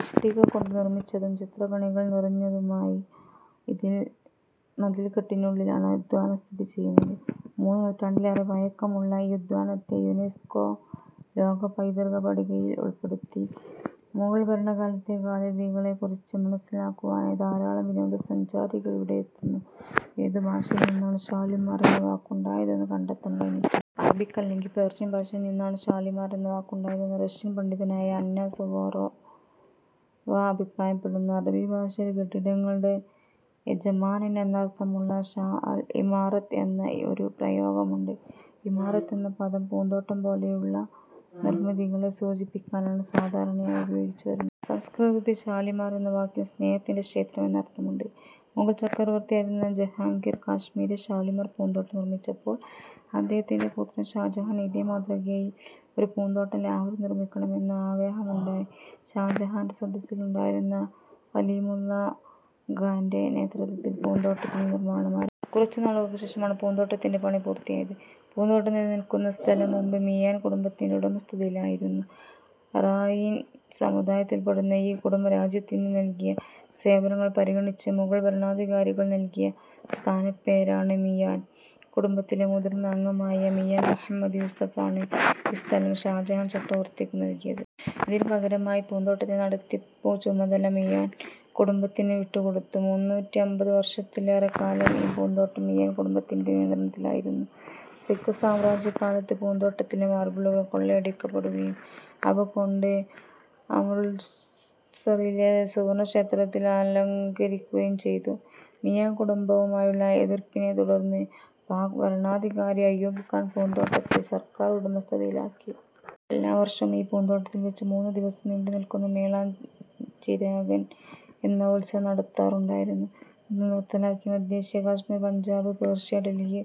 ഇഷ്ടിക കൊണ്ടു നിർമ്മിച്ചതും ചിത്രപ്പണികൾ നിറഞ്ഞതുമായ മതിൽക്കെട്ടിനുള്ളിലാണ് ഉദ്യാനം സ്ഥിതിചെയ്യുന്നത്. മൂന്ന് നൂറ്റാണ്ടിലേറെ പഴക്കമുള്ള ഈ ഉദ്യാനത്തെ യുനെസ്കോ ലോകപൈതൃക പട്ടികയിൽ ഉൾപ്പെടുത്തി. മുഗൾ ഭരണകാലത്തെ കലാരീതികളെക്കുറിച്ച് മനസ്സിലാക്കുവാനായി ധാരാളം വിനോദസഞ്ചാരികൾ ഇവിടെയെത്തി. ഏതു ഭാഷയിൽ നിന്നാണ് ' ഷാലിമാർ ' എന്ന വാക്കുണ്ടായതെന്ന് കണ്ടെത്താൻ കഴിഞ്ഞിട്ടില്ല. അറബിക് അല്ലെങ്കിൽ പേർഷ്യൻ ഭാഷയിൽ നിന്നാണ് ' ഷാലിമാർ ' എന്ന വാക്കുണ്ടായതെന്ന് റഷ്യൻ പണ്ഡിതനായ അന്ന സുവറോവ അഭിപ്രായപ്പെടുന്നു. അറബി ഭാഷയിൽ ' കെട്ടിടങ്ങളുടെ യജമാനൻ ' എന്നർത്ഥമുള്ള ' ഷാ അൽ-ഇമാറത്ത് ' എന്ന ഒരു പ്രയോഗമുണ്ട്. ' ഇമാറത്ത് ' എന്ന പദം പൂന്തോട്ടം പോലെയുള്ള നിർമ്മിതികളെ സൂചിപ്പിക്കാനാണ് സാധാരണയായി ഉപയോഗിച്ചു വരുന്നത്. സംസ്കൃതത്തിൽ ' ഷാലിമാർ ' എന്ന വാക്കിന് ' സ്നേഹത്തിന്റെ ക്ഷേത്രം ' എന്നർത്ഥമുണ്ട്. മുഗൾ ചക്രവർത്തിയായിരുന്ന ജഹാംഗീർ കാശ്മീരിൽ ഷാലിമാർ പൂന്തോട്ടം നിർമ്മിച്ചപ്പോൾ അദ്ദഹത്തിന്റെ പുത്രൻ ഷാജഹാന് ഇതേ മാതൃകയിൽ ഒരു പൂന്തോട്ടം ലാഹോറിൽ നിർമ്മിക്കണമെന്ന ആഗ്രഹമുണ്ടായി. ഷാജഹാന്റെ സദസ്സിലുണ്ടായിരുന്ന ഖലിമുള്ള ഖാന്റെ നേതൃത്വത്തിൽ പൂന്തോട്ടത്തിന്റെ നിർമ്മാണം ആരംഭിച്ചു. കുറച്ചു നാളുകൾക്ക് ശേഷമാണ് പൂന്തോട്ടത്തിന്റെ പണി പൂർത്തിയായത്. പൂന്തോട്ടം നിലനിൽക്കുന്ന സ്ഥലം മുമ്പ് മിയാൻ കുടുംബത്തിന്റെ ഉടമസ്ഥതയിലായിരുന്നു. ' അറായിൻ ' സമുദായത്തിൽപ്പെടുന്ന ഈ കുടുംബം രാജ്യത്തിനു നൽകിയ സേവനങ്ങൾ പരിഗണിച്ച് മുഗൾ ഭരണാധികാരികൾ നൽകിയ സ്ഥാനപ്പേരാണ് ' മിയാൻ '. കുടുംബത്തിലെ മുതിർന്ന അംഗമായ മിയാൻ മുഹമ്മദ് യൂസഫാണ് ഈ സ്ഥലം ഷാജഹാൻ ചക്രവർത്തിക്കു നൽകിയത്. ഇതിനു പകരമായി പൂന്തോട്ടത്തിന്റെ നടത്തിപ്പുചുമതല മിയാൻ കുടുംബത്തിനു വിട്ടുകൊടുത്തു. മുന്നൂറ്റിഅമ്പത് വർഷത്തിലേറെക്കാലം ഈ പൂന്തോട്ടം മിയാൻ കുടുംബത്തിന്റെ നിയന്ത്രണത്തിലായിരുന്നു. സിഖ് സാമ്രാജ്യകാലത്ത് പൂന്തോട്ടത്തിലെ മാർബിളുകൾ കൊള്ളയടിക്കപ്പെടുകയും അവകൊണ്ട് അമൃത്സറിലെ സുവർണ്ണക്ഷേത്രത്തെ അലങ്കരിക്കുകയും ചെയ്തു. മിയാൻ കുടുംബവുമായുള്ള എതിർപ്പിനെ തുടർന്ന് പാക് ഭരണാധികാരി അയൂബ് ഖാൻ പൂന്തോട്ടത്തെ സർക്കാർ ഉടമസ്ഥതയിലാക്കി. എല്ലാവർഷവും ഈ പൂന്തോട്ടത്തിൽ വച്ച് മൂന്നു ദിവസം നീണ്ടുനിൽക്കുന്ന ' മേള ചിരാഗൻ ' എന്ന ഉത്സവം നടത്താറുണ്ടായിരുന്നു. ഇത് നിർത്തലാക്കി. മധ്യേഷ്യ, കശ്മീർ, പഞ്ചാബ്, പേർഷ്യ, ഡൽഹി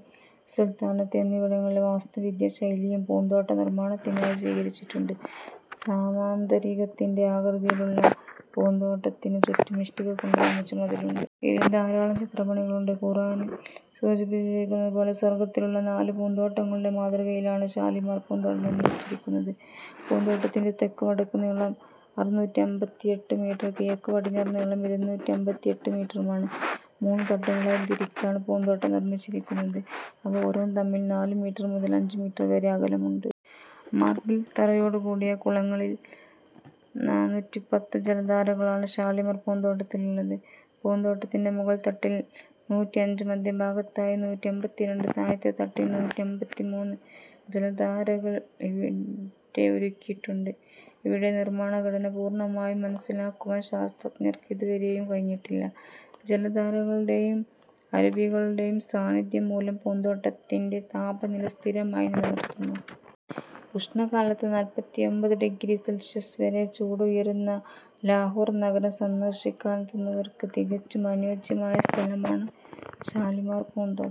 സുൽത്താനത്ത് എന്നിവടങ്ങളിലെ വാസ്തുവിദ്യാശൈലിയും പൂന്തോട്ട നിർമ്മാണത്തിനായി സ്വീകരിച്ചിട്ടുണ്ട്. സാമാന്തരികത്തിന്റെ ആകൃതിയിലുള്ള പൂന്തോട്ടത്തിനു ചുറ്റും ഇഷ്ടിക കൊണ്ട് നിർമ്മിച്ച മതിലുണ്ട്. ഇതിൽ ധാരാളം ചിത്രപ്പണികളുണ്ട്. ഖുറാനിൽ സൂചിപ്പിച്ചിരിക്കുന്നതു പോലെ സ്വർഗ്ഗത്തിലുള്ള നാലു പൂന്താട്ടങ്ങളുടെ മാതൃകയിലാണ് ഷാലിമാർ പൂന്തോട്ടം നിർമ്മിച്ചിരിക്കുന്നത്. പൂന്തോട്ടത്തിന്റെ തെക്ക് വടക്ക് നീളം അറുനൂറ്റിഅമ്പത്തിഎട്ടു മീറ്ററും കിഴക്ക് പടിഞ്ഞാറ് നീളം ഇരുനൂറ്റിഅമ്പത്തിഎട്ടു മീറ്ററുമാണ്. മൂന്നു തട്ടുകളായി തിരിച്ചാണ് പൂന്തോട്ടം നിർമ്മിച്ചിരിക്കുന്നത്. അവ ഓരോന്നും തമ്മിൽ നാല് മീറ്റർ മുതൽ അഞ്ചു മീറ്റർ വരെ അകലമുണ്ട്. മാർബിൾ തറയോടു കൂടിയ കുളങ്ങളിൽ നാണൂറ്റിപ്പത്തു ജലധാരകളാണ് ഷാലിമാർ പൂന്തോട്ടത്തിലുള്ളത്. പൂന്തോട്ടത്തിന്റെ മുകൾത്തട്ടിൽ നൂറ്റിഅഞ്ചും മധ്യഭാഗത്തായി നൂറ്റിഅമ്പത്തിരണ്ടും താഴത്തെ തട്ടിൽ നൂറ്റിഅമ്പത്തിമൂന്നും ജലധാരകൾ ഇവി ഇവിടെ ഒരുക്കിയിട്ടുണ്ട്. ഇവയുടെ നിർമ്മാണ ഘടന പൂർണ്ണമായും മനസ്സിലാക്കുവാൻ ശാസ്ത്രജ്ഞർക്ക് ഇതുവരെയും കഴിഞ്ഞിട്ടില്ല. ജലധാരകളുടെയും അരുവികളുടെയും സാന്നിദ്ധ്യം മൂലം പൂന്തോട്ടത്തിന്റെ താപനില സ്ഥിരമായി നിലനിർത്തുന്നു. ഉഷ്ണകാലത്ത് നാല്പത്തിയൊമ്പത് ഡിഗ്രി സെൽഷ്യസ് വരെ ചൂട് ഉയരുന്ന ലാഹോർ നഗരം സന്ദർശിക്കാനെത്തുന്നവർക്ക് തികച്ചും അനുയോജ്യമായ സ്ഥലമാണ് ഷാലിമാർ പൂന്തോട്ടം.